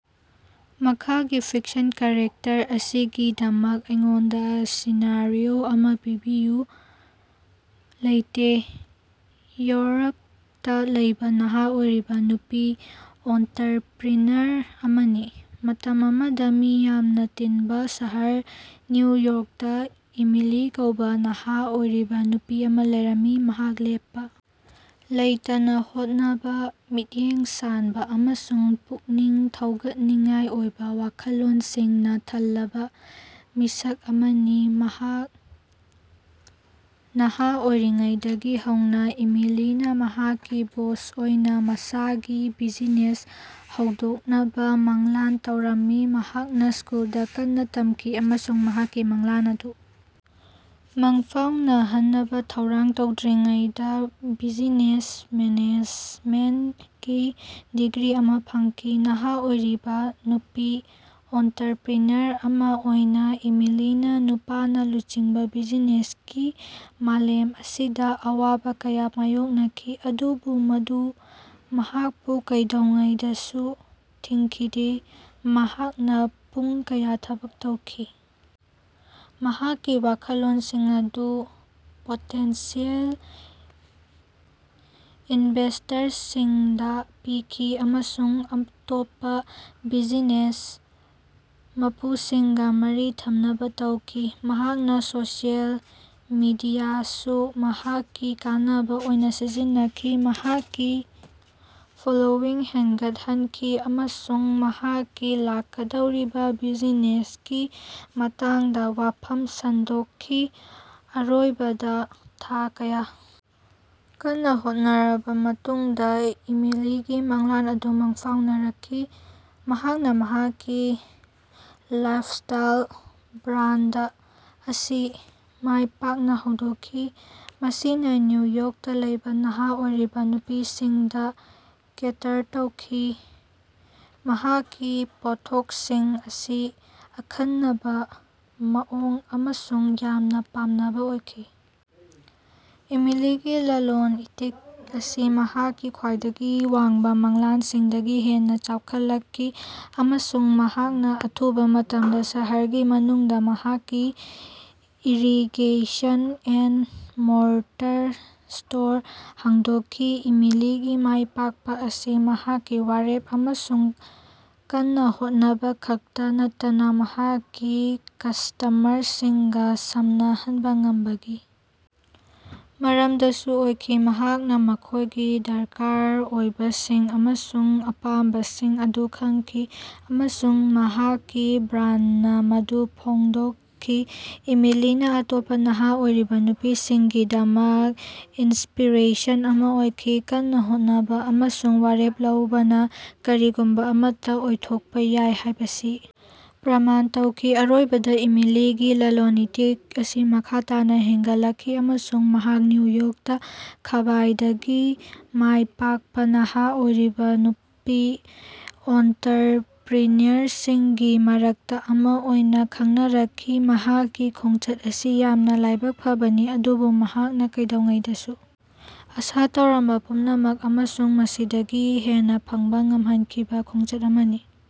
ꯃꯈꯥꯒꯤ fiction character ꯑꯁꯤꯒꯤꯗꯃꯛ ꯑꯩꯉꯣꯟꯗ ꯁꯤꯅꯥꯔꯤꯑꯣ ꯑꯃ ꯄꯤꯕꯤꯌꯨ ꯂꯩꯇꯦ꯫ ꯌꯣꯔꯛꯇ ꯂꯩꯕ ꯅꯍꯥ ꯑꯣꯏꯔꯤꯕ ꯅꯨꯄꯤ ꯑꯣꯟꯇꯔꯄ꯭ꯔꯤꯅꯔ ꯑꯃꯅꯤ꯫ ꯃꯇꯝ ꯑꯃꯗ ꯃꯤ ꯌꯥꯝꯅ ꯇꯤꯟꯕ ꯁꯍꯔ ꯅ꯭ꯌꯨ ꯌꯣꯔꯛꯇ ꯏꯃꯤꯂꯤ ꯀꯧꯕ ꯅꯍꯥ ꯑꯣꯏꯔꯤꯕ ꯅꯨꯄꯤ ꯑꯃ ꯂꯩꯔꯝꯃꯤ꯫ ꯃꯍꯥꯛ ꯂꯦꯞꯄ ꯂꯩꯇꯅ ꯍꯣꯠꯅꯕ, ꯃꯤꯠꯌꯦꯡ ꯁꯥꯟꯕ ꯑꯃꯁꯨꯡ ꯄꯨꯛꯅꯤꯡ ꯊꯧꯒꯠꯅꯤꯡꯉꯥꯏ ꯑꯣꯏꯕ ꯋꯥꯈꯜꯂꯣꯟꯁꯤꯡꯅ ꯊꯜꯂꯕ ꯃꯤꯁꯛ ꯑꯃꯅꯤ꯫ ꯃꯍꯥꯛ ꯅꯍ ꯑꯣꯏꯔꯤꯉꯩꯗꯒꯤ ꯍꯧꯅ ꯏꯃꯤꯂꯤꯅ ꯃꯍꯥꯛꯀꯤ ꯕꯣꯁ ꯑꯣꯏꯅ ꯃꯁꯥꯒꯤ ꯕꯤꯖꯤꯅꯦꯁ ꯍꯧꯗꯣꯛꯅꯕ ꯃꯪꯂꯥꯟ ꯇꯧꯔꯝꯃꯤ꯫ ꯃꯍꯥꯛꯅ ꯁ꯭ꯀꯨꯜꯗ ꯀꯟꯅ ꯇꯝꯈꯤ ꯑꯃꯁꯨꯡ ꯃꯍꯥꯛꯀꯤ ꯃꯪꯂꯥꯟ ꯑꯗꯨ ꯃꯪꯐꯥꯎꯅꯍꯟꯅꯕ ꯊꯧꯔꯥꯡ ꯇꯧꯗ꯭ꯔꯤꯉꯩꯗ ꯕꯤꯖꯤꯅꯦꯁ ꯃꯦꯅꯦꯖꯃꯦꯟꯠꯀꯤ ꯗꯤꯒ꯭ꯔꯤ ꯑꯃ ꯐꯪꯈꯤ꯫ ꯅꯍꯥ ꯑꯣꯏꯔꯤꯕ ꯅꯨꯄꯤ ꯑꯣꯟꯇꯔꯄ꯭ꯔꯤꯅꯔ ꯑꯃ ꯑꯣꯏꯅ ꯏꯃꯤꯂꯤꯅ ꯅꯨꯄꯥꯅ ꯂꯨꯆꯤꯡꯕ ꯕꯤꯖꯤꯅꯦꯁꯀꯤ ꯃꯥꯂꯦꯝ ꯑꯁꯤꯗ ꯑꯋꯥꯕ ꯀꯌꯥ ꯃꯥꯌꯣꯛꯅꯈꯤ꯫ ꯑꯗꯨꯕꯨ ꯃꯗꯨ ꯃꯍꯥꯛꯄꯨ ꯀꯩꯗꯧꯉꯩꯗꯁꯨ ꯊꯤꯡꯈꯤꯗꯦ꯫ ꯃꯍꯥꯛꯅ ꯄꯨꯡ ꯀꯌꯥ ꯊꯕꯛ ꯇꯧꯈꯤ, ꯃꯍꯥꯛꯀꯤ ꯋꯥꯈꯜꯂꯣꯟꯁꯤꯡ ꯑꯗꯨ ꯄꯣꯇꯦꯟꯁꯤꯌꯜ ꯏꯅꯚꯦꯁ꯭ꯇꯔꯁꯤꯡꯗ ꯄꯤꯈꯤ ꯑꯃꯁꯨꯡ ꯑꯇꯣꯞꯄ ꯕꯤꯖꯤꯅꯦꯁ ꯃꯄꯨꯁꯤꯡꯒꯥ ꯃꯔꯤ ꯊꯝꯅꯕ ꯇꯧꯈꯤ꯫ ꯃꯍꯥꯛꯅ ꯁꯣꯁꯤꯌꯦꯜ ꯃꯤꯗꯤꯌꯥꯁꯨ ꯃꯍꯥꯛꯀꯤ ꯀꯥꯟꯅꯕ ꯑꯣꯏꯅ ꯁꯤꯖꯤꯟꯅꯈꯤ, ꯃꯍꯥꯛꯀꯤ ꯐꯣꯂꯣꯋꯤꯡ ꯍꯦꯟꯒꯠꯍꯟꯈꯤ ꯑꯃꯁꯨꯡ ꯃꯍꯥꯛꯀꯤ ꯂꯥꯛꯀꯗꯧꯔꯤꯕ ꯕꯤꯖꯤꯅꯦꯁꯀꯤ ꯃꯇꯥꯡꯗ ꯋꯥꯐꯝ ꯁꯟꯗꯣꯛꯈꯤ꯫ ꯑꯔꯣꯏꯕꯗ ꯊꯥ ꯀꯌꯥ ꯀꯟꯅ ꯍꯣꯠꯅꯔꯕ ꯃꯇꯨꯡꯗ ꯏꯃꯤꯂꯤꯒꯤ ꯃꯪꯂꯥꯟ ꯑꯗꯨ ꯃꯪꯐꯥꯎꯅꯔꯛꯈꯤ꯫ ꯃꯍꯥꯛꯅ ꯃꯍꯥꯛꯀꯤ ꯂꯥꯏꯐꯁ꯭ꯇꯥꯏꯜ ꯕ꯭ꯔꯥꯟꯗ ꯑꯁꯤ ꯃꯥꯏ ꯄꯥꯛꯅ ꯍꯧꯗꯣꯛꯈꯤ, ꯃꯁꯤꯅ ꯅ꯭ꯌꯨ ꯌꯣꯔꯛꯇ ꯂꯩꯕ ꯅꯍꯥ ꯑꯣꯏꯔꯤꯕ ꯅꯨꯄꯤꯁꯤꯡꯗ ꯀꯦꯇꯔ ꯇꯧꯈꯤ꯫ ꯃꯍꯥꯛꯀꯤ ꯄꯣꯠꯊꯣꯛꯁꯤꯡ ꯑꯁꯤ ꯑꯈꯟꯅꯕ, ꯃꯑꯣꯡ ꯑꯃꯁꯨꯡ ꯌꯥꯝꯅ ꯄꯥꯝꯅꯕ ꯑꯣꯏꯈꯤ꯫ ꯏꯃꯤꯂꯤꯒꯤ ꯂꯂꯣꯟ-ꯏꯇꯤꯛ ꯑꯁꯤ ꯃꯍꯥꯛꯀꯤ ꯈ꯭ꯋꯥꯏꯗꯒꯤ ꯋꯥꯡꯕ ꯃꯪꯂꯥꯟꯁꯤꯡꯗꯒꯤ ꯍꯦꯟꯅ ꯆꯥꯎꯈꯠꯂꯛꯈꯤ, ꯑꯃꯁꯨꯡ ꯃꯍꯥꯛꯅ ꯑꯊꯨꯕ ꯃꯇꯝꯗ ꯁꯍꯔꯒꯤ ꯃꯅꯨꯡꯗ ꯃꯍꯥꯛꯀꯤ ꯏꯔꯤꯒꯦꯁꯟ-ꯑꯦꯟꯗ-ꯃꯣꯔꯇꯔ ꯁ꯭ꯇꯣꯔ ꯍꯥꯡꯗꯣꯛꯈꯤ꯫ ꯏꯃꯤꯂꯤꯒꯤ ꯃꯥꯏꯄꯥꯛꯄ ꯑꯁꯤ ꯃꯍꯥꯛꯀꯤ ꯋꯥꯔꯦꯞ ꯑꯃꯁꯨꯡ ꯀꯟꯅ ꯍꯣꯠꯅꯕ ꯈꯛꯇ ꯅꯠꯇꯅ ꯃꯍꯥꯛꯀꯤ ꯀꯁ꯭ꯇꯃꯔꯁꯤꯡꯒ ꯁꯝꯅꯍꯟꯕ ꯉꯝꯕꯒꯤ ꯃꯔꯝꯗꯁꯨ ꯑꯣꯏꯈꯤ꯫ ꯃꯍꯥꯛꯅ ꯃꯈꯣꯏꯒꯤ ꯗꯔꯀꯥꯔ ꯑꯣꯏꯕꯁꯤꯡ ꯑꯃꯁꯨꯡ ꯑꯄꯥꯝꯕꯁꯤꯡ ꯑꯗꯨ ꯈꯪꯈꯤ, ꯑꯃꯁꯨꯡ ꯃꯍꯥꯛꯀꯤ ꯕ꯭ꯔꯥꯟꯗꯅ ꯃꯗꯨ ꯐꯣꯡꯗꯣꯛꯈꯤ꯫ ꯏꯃꯤꯂꯤꯅ ꯑꯇꯣꯞꯄ ꯅꯍꯥ ꯑꯣꯏꯔꯤꯕ ꯅꯨꯄꯤꯁꯤꯡꯒꯤꯗꯃꯛ ꯏꯟꯁꯄꯤꯔꯦꯁꯟ ꯑꯃ ꯑꯣꯏꯈꯤ, ꯀꯟꯅ ꯍꯣꯠꯅꯕ ꯑꯃꯁꯨꯡ ꯋꯥꯔꯦꯞ ꯂꯧꯕꯅ ꯀꯔꯤꯒꯨꯝꯕ ꯑꯃꯠꯇ ꯑꯣꯏꯊꯣꯛꯄ ꯌꯥꯏ ꯍꯥꯏꯕꯁꯤ ꯄ꯭ꯔꯃꯥꯟ ꯇꯧꯈꯤ꯫ ꯑꯔꯣꯏꯕꯗ ꯏꯃꯤꯂꯤꯒꯤ ꯂꯂꯣꯟ-ꯏꯇꯤꯛ ꯑꯁꯤ ꯃꯈꯥ ꯇꯥꯅ ꯍꯦꯟꯒꯠꯂꯛꯈꯤ, ꯑꯃꯁꯨꯡ ꯃꯍꯥꯛ ꯅ꯭ꯌꯨ ꯌꯣꯔꯛꯇ ꯈ꯭ꯕꯥꯏꯗꯒꯤ ꯃꯥꯏ ꯄꯥꯛꯄ ꯅꯍꯥ ꯑꯣꯏꯔꯤꯕ ꯅꯨꯄꯤ ꯑꯣꯟꯇꯔꯄ꯭ꯔꯤꯅꯔꯁꯤꯡꯒꯤ ꯃꯔꯛꯇ ꯑꯃ ꯑꯣꯏꯅ ꯈꯪꯅꯔꯛꯈꯤ꯫ ꯃꯍꯥꯛꯀꯤ ꯈꯣꯡꯆꯠ ꯑꯁꯤ ꯌꯥꯝꯅ ꯂꯥꯏꯕꯛ ꯐꯕꯅꯤ, ꯑꯗꯨꯕꯨ ꯃꯍꯥꯛꯅ ꯀꯩꯗꯧꯉꯩꯗꯁꯨ ꯑꯥꯁꯥ ꯇꯧꯔꯝꯕ ꯄꯨꯝꯅꯃꯛ, ꯑꯃꯁꯨꯡ ꯃꯁꯤꯗꯒꯤ ꯍꯦꯟꯅ ꯐꯪꯕ ꯉꯝꯍꯟꯈꯤꯕ ꯈꯣꯡꯆꯠ ꯑꯃꯅꯤ꯫